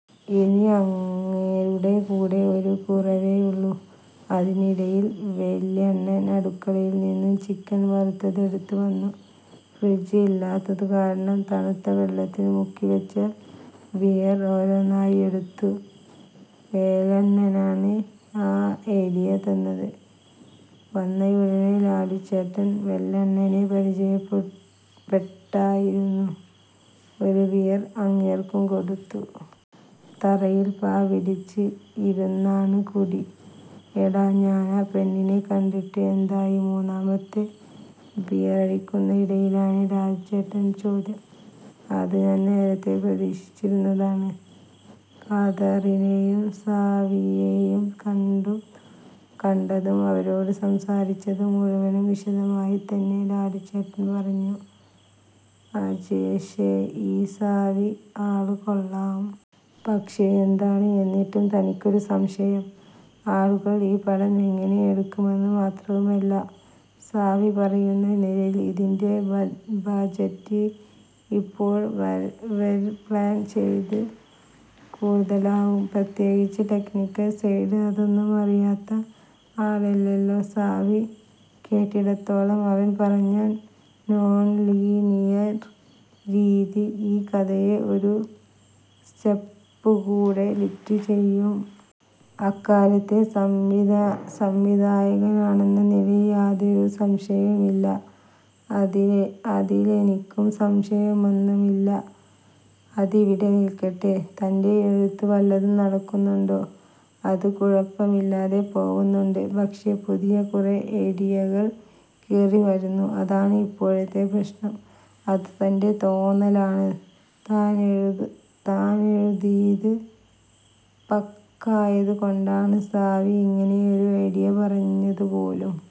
ഇനി അങ്ങേരുടെ കൂടെ ഒരു കുറവേയുള്ളൂ. " അതിനിടയിൽ വേലണ്ണൻ അടുക്കളയിൽ നിന്നും ചിക്കൻ വറുത്തത് എടുത്തു വന്നു. ഫ്രിഡ്ജ് ഇല്ലാത്തതു കാരണം തണുത്ത വെള്ളത്തിൽ മുക്കിവെച്ച ബിയർ ഓരോന്നായി എടുത്തു. വേലണ്ണനാണ് ആ ഐഡിയ തന്നത്. വന്നയുടനെ ലാലുച്ചേട്ടൻ വേലണ്ണനെ പരിചയപ്പെട്ടായിരുന്നു. ഒരു ബിയർ അങ്ങേർക്കും കൊടുത്തു. തറയിൽ പാ വിരിച്ച് ഇരുന്നാണ് കുടി. "എടോ, താനാ പെണ്ണിനെ കണ്ടിട്ട് എന്തായി? " മൂന്നാമത്തെ ബിയറെടുക്കുന്നതിനു ഇടയിലാണ് ലാലുച്ചേട്ടന്റെ ചോദ്യം. അതു ഞാൻ നേരത്തയേ പ്രതീക്ഷിച്ചിരുന്നതാണ്. കാതറിനെയും സാവിയേയും കണ്ടതും അവരോട് സംസാരിച്ചതും മുഴുവനും വിശദമായിതന്നെ ലാലുച്ചേട്ടനോട് പറഞ്ഞു. "അജേഷേ ഈ സാവി ആളുകൊള്ളാം. പക്ഷേ.. " "എന്താണ് എന്നിട്ടും തനിക്കൊരു സംശയം? "ആളുകള് ഈ പടം എങ്ങനെ എടുക്കുമെന്നാണ്. മാത്രവുമല്ല, സാവി പറയുന്ന നിലയില് ഇതിന്റെ ബജറ്റ് ഇപ്പോഴവര് പ്ലാൻ ചെയ്തതിലും കൂടുതലാവും. പ്രത്യേകിച്ച് ടെക്നിക്കൽ സൈഡ്. " "അതൊന്നും അറിയാത്ത ആളല്ലല്ലോ സാവി? കേട്ടിടത്തോളം അവൻ പറഞ്ഞ നോൺലീനിയർ രീതി ഈ കഥയെ ഒരു സ്റ്റെപ്പുകൂടെ ലിഫ്റ്റ് ചെയ്യുും. അക്കാര്യത്തിൽ സംവിധായകനെന്ന നിലയിൽ യാതൊരു സംശയവും ഇല്ല. " "അതിലെനിക്കും സംശയമൊന്നുമില്ല. " "അതവിടെ നിൽക്കട്ടെ, തന്റെ എഴുത്ത് വല്ലതും നടക്കുന്നുണ്ടോ? " "അത് കുഴപ്പമില്ലാതെ പോവുന്നുണ്ട്. പക്ഷേ, പുതിയ കുറേ ഐഡിയകൾ കേറിവരുന്നു. അതാണ് ഇപ്പോഴത്തെ പ്രശ്നം. " "അതു തന്റെ തോന്നലാണ്. താനെഴുതീത് പക്കയായതുകൊണ്ടാണ് സാവി ഇങ്ങനൊരു ഐഡിയ പറഞ്ഞതു പോലും.